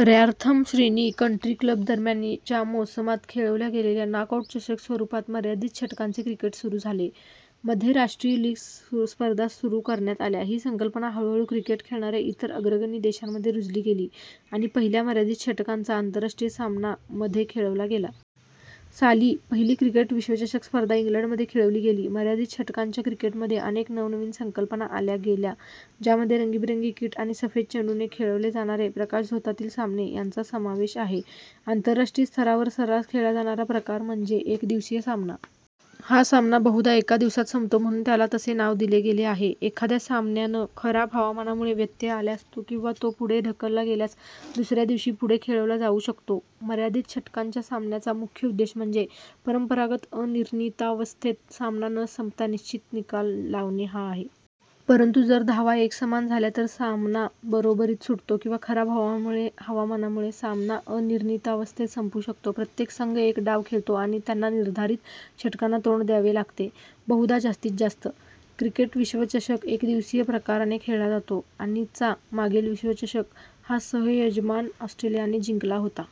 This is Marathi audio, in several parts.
ऱ्यारथम श्रेणी कंट्री क्लब्स दरम्यान च्या मोसमात खेळवल्या गेलेल्या नॉकआऊट चषक स्वरूपात मर्यादित षटकांचे क्रिकेट सुरू झाले. मध्ये राष्ट्रीय लीग स्पर्धा सुरू करण्यात आल्या. ही संकल्पना हळूहळू क्रिकेट खेळणाऱ्या इतर अग्रगणी देशांमध्ये रुजली गेली आणि पहिला मर्यादित षटकांचा आंतरराष्ट्रीय सामना मध्ये खेळवला गेला. साली, पहिली क्रिकेट विश्वचषक स्पर्धा इंग्लंडमध्ये खेळवली गेली. मर्यादित षटकांच्या क्रिकेटमध्ये अनेक नवनवीन संकल्पना आणल्या गेल्या ज्यामध्ये रंगीबेरंगी किट आणि सफेद चेंडूने खेळवले जाणारे प्रकाशझोतातील सामने ह्यांचा समावेश आहे. आंतरराष्ट्रीय स्तरावर सर्रास खेळला जाणारा प्रकार म्हणजे "एकदिवसीय सामना". हा सामना बहुधा एका दिवसात संपतो म्हणून त्याला तसे नाव दिले गेले आहे. एखाद्या सामन्यान खराब हवामानामुळे व्यत्यय आल्यास किंवा तो पुढे ढकलला गेल्यास दुसऱ्या दिवशी पुढे खेळवला जावू शकतो. मर्यादित षटकांच्या सामन्याचा मुख्य उद्देश म्हणजे परंपरागत अनिर्णितावस्थेत सामना न संपता निश्चित निकाल लावणे हा आहे. परंतु जर धावा एकसमान झाल्या तर सामना बरोबरीत सुटतो किंवा खराब हवामानामुळे सामना अनिर्णितावस्थेत संपू शकतो. प्रत्येक संघ एक डाव खेळतो आणि त्यांना निर्धारित षटकांना तोंड द्यावे लागते, बहुधा जास्तीत जास्त. क्रिकेट विश्वचषक एकदिवसीय प्रकाराने खेळला जातो आणि चा मागील विश्वचषक हा सह-यजमान ऑस्ट्रेलियाने जिंकला होता.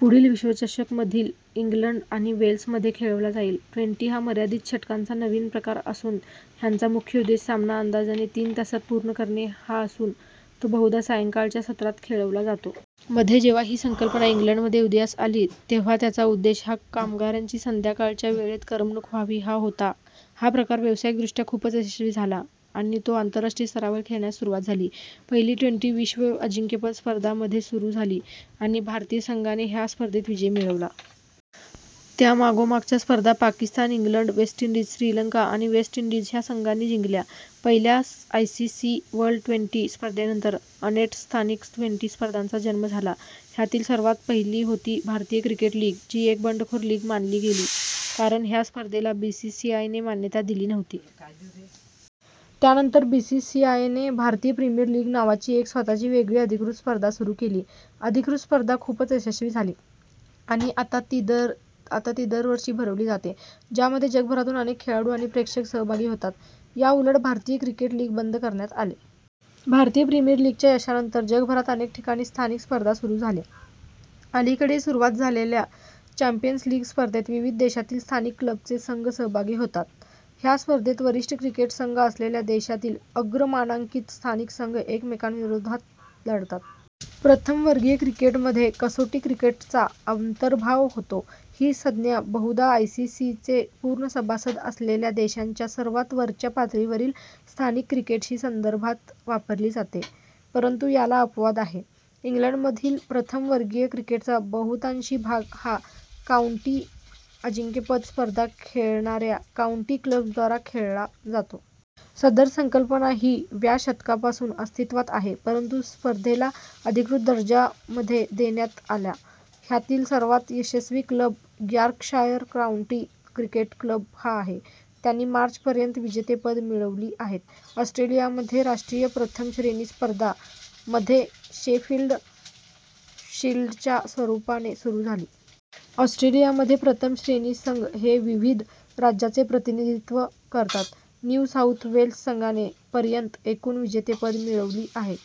पुढील विश्वचषक मध्ये इंग्लंड आणि वेल्स मध्ये खेळवला जाईल. ट्वेंटी हा मर्यादित षटकांचा नवीन प्रकार असून ह्याचा मुख्य उद्देश सामना अंदाजे तीन तासात पूर्ण करणे हा असून, तो बहुधा सायंकाळच्या सत्रात खेळवला जातो. मध्ये जेव्हा ही संकल्पना इंग्लंडमध्ये उदयास आली तेव्हा त्याचा उद्देश हा कामगारांची संध्याकाळच्या वेळात करमणूक व्हावी हा होता. हा प्रकार व्यावसायिकदृष्ट्या खूपच यशस्वी झाला आणि तो आंतरराष्ट्रीय स्तरावर खेळण्यास सुरुवात झाली. पहिली ट्वेंटी विश्व अजिंक्यपद स्पर्धा मध्ये सुरू झाली आणि भारतीय संघाने ह्या स्पर्धेत विजय मिळवला. त्यामागोमागच्या स्पर्धा Pakistan, England, West Indies, Sri Lanka आणि वेस्ट इंडीज ह्या संघांनी जिंकल्या. पहिल्या I. C. C. World twenty स्पर्धेनंतर अनेट स्थानिक ट्वेंटी स्पर्धांचा जन्म झाला. ह्यातील सर्वात पहिली होती भारतीय क्रिकेट लीग जी एक बंडखोर लीग मानली गेली कारण ह्या स्पर्धेला बीसीसीआयने मान्यता दिली नव्हती. त्यानंतर बीसीसीआयने भारतीय प्रीमियर लीग नावाची स्वतःची एक वेगळी अधिकृत स्पर्धा सुरू केली. अधिकृत स्पर्धा खूपच यशस्वी झाली आणि ती आता दरवर्षी भरवली जाते. ज्यामध्ये जगभरातून अनेक खेळाडू आणि प्रेक्षक सहभागी होतात. याउलट भारतीय क्रिकेट लीग बंद करण्यात आली. भारतीय प्रीमियर लीगच्या यशानंतर जगभरात अनेक ठिकाणी स्थानिक स्पर्धा सुरू झाल्या. अलीकडे सुरू झालेल्या - चॅंपियन्स लीग स्पर्धेत विविध देशातील स्थानिक क्लबचे संघ सहभागी होतात. ह्या स्पर्धेत वरिष्ठ क्रिकेट संघ असलेल्या देशांतील अग्रमानांकीत स्थानिक संघ एकमेकांविरुद्ध लढतात. प्रथम वर्गीय क्रिकेटमध्ये कसोटी क्रिकेटचा अंतर्भाव होतो. ही संज्ञा बहुधा आयसीसीचे पूर्ण सभासद असलेल्या देशांच्या सर्वात वरच्या पातळीवरील स्थानिक क्रिकेटशी संदर्भात वापरली जाते, परंतु याला अपवाद आहेत. इंग्लंडमधील प्रथम वर्गीय क्रिकेटचा बहुतांशी भाग हा काउंटी अजिंक्यपद स्पर्धा खेळणाऱ्या काउंटी क्लब्जद्वारा खेळला जातो. सदर संकल्पना ही व्या शतकापासून अस्तित्वात आहे परंतु स्पर्धेला अधिकृत दर्जा मध्ये देण्यात आला. ह्यातील सर्वात यशस्वी club Yorkshire county cricket club हा आहे. त्यांनी मार्च पर्यंत विजेतेपदे मिळवली आहेत. ऑस्ट्रेलियामध्ये राष्ट्रीय प्रथम श्रेणी स्पर्धा - मध्ये शेफील्ड शील्डच्या रूपाने सुरू झाली. ऑस्ट्रेलियामधील प्रथम-श्रेणी संघ हे विविध राज्याचे प्रतिनिधित्व करतात. न्यू साउथ वेल्स संघाने पर्यंत एकूण विजेतेपदे मिळवली आहे.